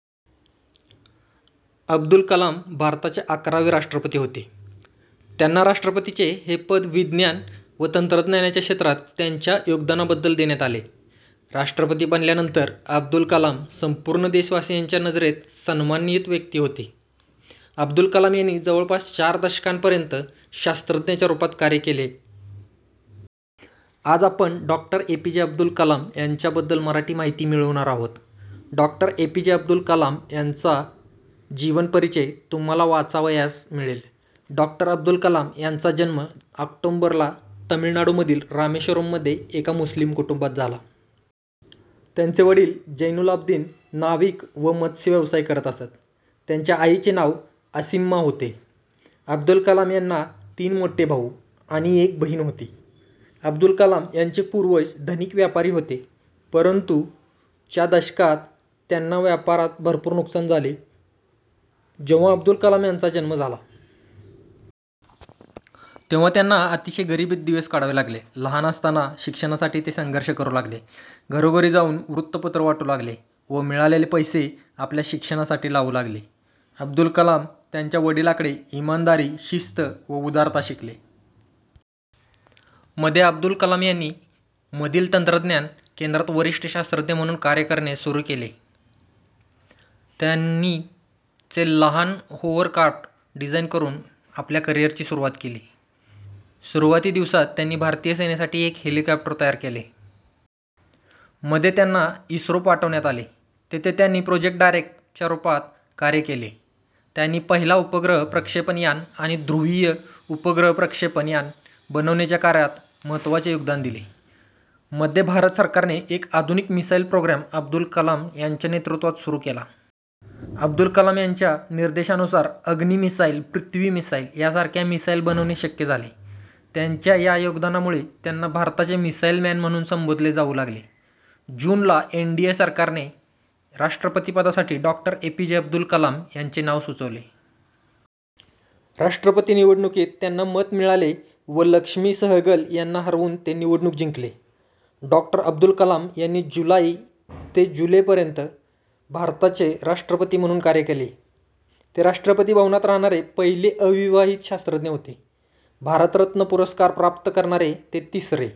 : अब्दुल कलाम भारताचे अकरावे राष्ट्रपती होते. त्यांना राष्ट्रपतीचे हे पद विज्ञान व तंत्रज्ञानाच्या क्षेत्रात त्यांच्या योगदानाबद्दल देण्यात आले. राष्ट्रपती बनल्यानंतर अब्दुल कलाम संपूर्ण देशवासीयांच्या नजरेत सन्मानित व्यक्ती होते. अब्दुल कलाम यांनी जवळपास चार दशकांपर्यंत शास्त्रज्ञाच्या रूपात कार्य केले. आज आपण डॉक्टर एपीजे अब्दुल कलाम यांच्या बद्दल मराठी माहिती मिळवणार आहोत. डॉक्टर एपीजे अब्दुल कलाम यांच्या जीवन परिचय तुम्हाला वाचावयास मिळेल. डॉक्टर अब्दुल कलाम यांचा जन्म ऑक्टोबर ला तमिळनाडूमधील रामेश्वरम मध्ये एका मुस्लिम कुटुंबात झाला. त्यांचे वडील जैनुल्लाब्दीन नाविक व मत्स्य व्यवसाय करत असत. त्यांच्या आईचे नाव असिम्मा होते. अब्दुल कलाम यांना तीन मोठे भाऊ आणि एक बहिण होती. अब्दुल कलाम यांचे पूर्वज धनिक व्यापारी होते. परंतु च्या दशकात त्यांना व्यापारात भरपूर नुकसान झाले व जेव्हा अब्दुल कलाम यांचा जन्म झाला. तेव्हा त्यांना अतिशय गरिबीत दिवस काढावे लागले. लहान असताना शिक्षणासाठी ते संघर्ष करू लागले, घरोघरी जाऊन वृत्तपत्र वाटू लागले व मिळालेले पैसे आपल्या शिक्षणासाठी लावू लागले. अब्दुल कलाम त्यांच्या वडिलांकडे इमानदारी, शिस्त व उदारता शिकले. मध्ये अब्दुल कलाम यांनी.... मधील तंत्रज्ञान केंद्रात वरिष्ठ शास्त्रज्ञ म्हणून कार्य करणे सुरू केले. त्यांनी चे लहान होवर्क्राफ्ट डिझाईन करून आपल्या करिअरची सुरुवात केली. सुरुवाती दिवसात त्यांनी भारतीय सेनेसाठी एक हेलिकॉप्टर तयार केले. मध्ये त्यांना इस्रो पाठवण्यात आले. तेथे त्यांनी प्रोजेक्ट डायरेक्ट च्या रूपात कार्य केले. त्यांनी पहिला उपग्रह प्रक्षेपण यान आणि ध्रुवीय उपग्रह प्रक्षेपण यान बनविण्याच्या कार्यात महत्त्वाचे योगदान दिले. मध्ये भारत सरकारने एक आधुनिक मिसाइल प्रोग्राम अब्दुल कलाम यांच्या नेतृत्वात सुरू केला. अब्दुल कलाम यांच्या निर्देशानुसार अग्नि मिसाईल, पृथ्वी मिसाईल यासारख्या मिसाईल बनवणे शक्य झाले. त्यांच्या या योगदानामुळे त्यांना भारताचे मिसाइल मॅन म्हणून संबोधले जाऊ लागले. जून ला एनडीए सरकारने राष्ट्रपतिपदासाठी डॉक्टर एपीजे अब्दुल कलाम यांचे नाव सुचवले. राष्ट्रपती निवडणुकीत त्यांना मत मिळाले व लक्ष्मी सहगल यांना हरवून ते निवडणूक जिंकले. डॉक्टर अब्दुल कलाम यांनी जुलाई ते जुलै पर्यंत भारताचे राष्ट्रपती म्हणून कार्य केले. ते राष्ट्रपती भवनात राहणारे पहिले अविवाहित शास्त्रज्ञ होते. भारतरत्न पुरस्कार प्राप्त करणारे ते तिसरे